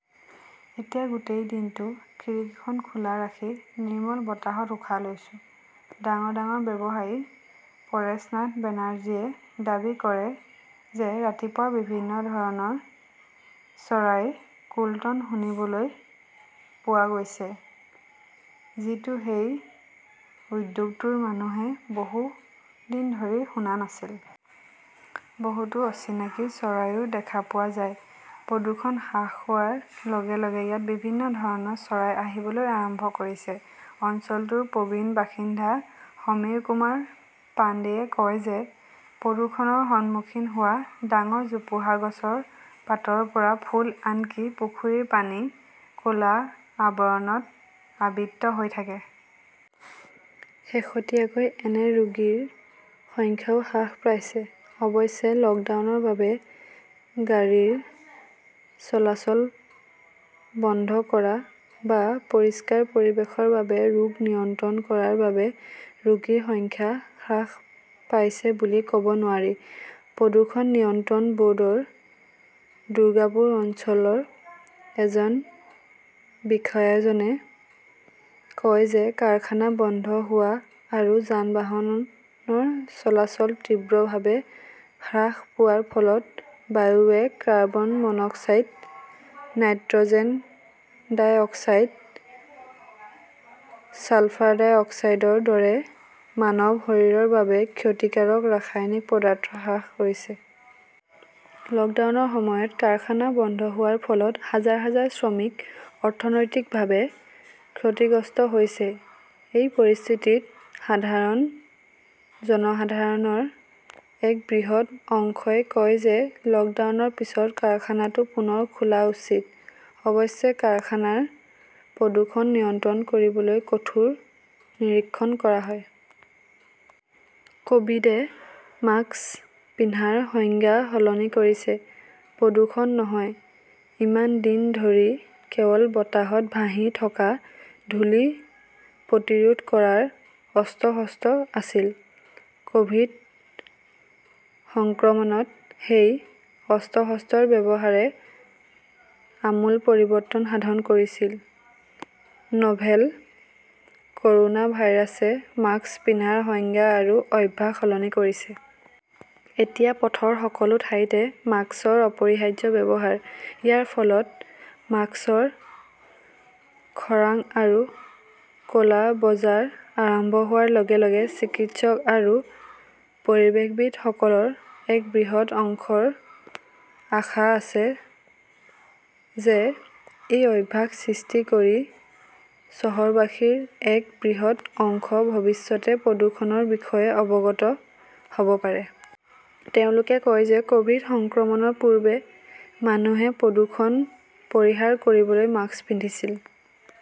এতিয়া গোটেই দিনটো খিৰিকীখন খোলা ৰাখি নিৰ্মল বতাহত উশাহ লৈছো। ডাঙৰ-ডাঙৰ ব্যৱসায়ী পৰেশনাথ বেনাৰ্জীয়ে দাবী কৰে যে ৰাতিপুৱা বিভিন্ন ধৰণৰ চৰাইৰ কোল্টন শুনিবলৈ পোৱা গৈছে, যিটো সেই উদ্যোগটোৰ মানুহে বহু দিন ধৰি শুনা নাছিল। বহুতো অচিনাকি চৰাইও দেখা পোৱা যায়। প্ৰদূষণ হ্ৰাস হোৱাৰ লগে-লগে ইয়াত বিভিন্ন ধৰণৰ চৰাই আহিবলৈ আৰম্ভ কৰিছে। অঞ্চলটোৰ প্ৰবীণ বাসিন্দা সমীৰকুমাৰ পাণ্ডেয়ে কয় যে প্ৰদূষণৰ সন্মুখীন হোৱা ডাঙৰ জোপোহা গছৰ পাতৰ পৰা ফুল-আনকি পুখুৰীৰ পানী ক'লা আৱৰণত আবৃত হৈ থাকে। শেহতীয়াকৈ এনে ৰোগীৰ সংখ্যাও হ্ৰাস পাইছে। অৱশ্যে, লকডাউনৰ বাবে গাড়ীৰ চলাচল বন্ধ কৰা, বা পৰিষ্কাৰ পৰিৱেশৰ বাবে ৰোগ নিয়ন্ত্ৰণ কৰাৰ বাবে ৰোগীৰ সংখ্যা হ্ৰাস পাইছে বুলি কব নোৱাৰি। প্ৰদূষণ নিয়ন্ত্ৰণ বৰ্ডৰ দুৰ্গাপুৰ অঞ্চলৰ এজন বিষয়াজনে কয় যে কাৰখানা বন্ধ হোৱা আৰু যান-বাহনৰ চলাচল তীব্ৰভাৱে হ্ৰাস পোৱাৰ ফলত বায়ুৱে carbon monoxide, nitrogen dioxide, sulphur ডাই অক্সাইডৰ দৰে মানৱ শৰীৰৰ বাবে ক্ষতিকাৰক ৰাসায়নিক পদাৰ্থ হ্ৰাস কৰিছে। লকডাউনৰ সময়ত কাৰখানা বন্ধ হোৱাৰ ফলত হাজাৰ-হাজাৰ শ্ৰমিক অৰ্থনৈতিকভাৱে ক্ষতিগ্ৰস্ত হৈছে। এই পৰিস্থিতিত সাধাৰণ জনসাধাৰণৰ এক বৃহৎ অংশই কয় যে 'লকডাউনৰ পিছত কাৰখানাটো পুনৰ খোলা উচিত। অৱশ্যে, কাৰখানাৰ প্ৰদূষণ নিয়ন্ত্ৰণ কৰিবলৈ কঠোৰ নিৰীক্ষণ কৰা হয়। কভিড এ মাস্ক পিন্ধাৰ সংজ্ঞা সলনি কৰিছে, প্ৰদূষণ নহয় ইমান দিন ধৰি কেৱল বতাহত ভাহি থকা ধূলি প্ৰতিৰোধ কৰাৰ 'অস্ত্ৰ-শস্ত্ৰ' আছিল, কভিড সংক্ৰমণত সেই 'অস্ত্ৰ-শস্ত্ৰৰ' ব্যৱহাৰে আমূল পৰিৱৰ্তন সাধন কৰিছিল। নভেল কৰ 'না ভাইৰাছে মাস্ক পিন্ধাৰ সংজ্ঞা আৰু অভ্যাস সলনি কৰিছে। এতিয়া পথৰ সকলো ঠাইতে মাস্কৰ অপৰিহাৰ্য ব্যৱহাৰ। ইয়াৰ ফলত মাস্কৰ খৰাং আৰু ক 'লা বজাৰ আৰম্ভ হোৱাৰ লগে-লগে চিকিৎসক আৰু পৰিৱেশবিদসকলৰ এক বৃহৎ অংশৰ আশা আছে যে এই অভ্যাস সৃষ্টি কৰি চহৰবাসীৰ এক বৃহৎ অংশ ভৱিষ্যতে প্ৰদূষণৰ বিষয়ে অৱগত হ' ব পাৰে। তেওঁলোকে কয় যে কভিড সংক্ৰমণৰ পূৰ্বে মানুহে প্ৰদূষণ পৰিহাৰ কৰিবলৈ মাস্ক পিন্ধিছিল।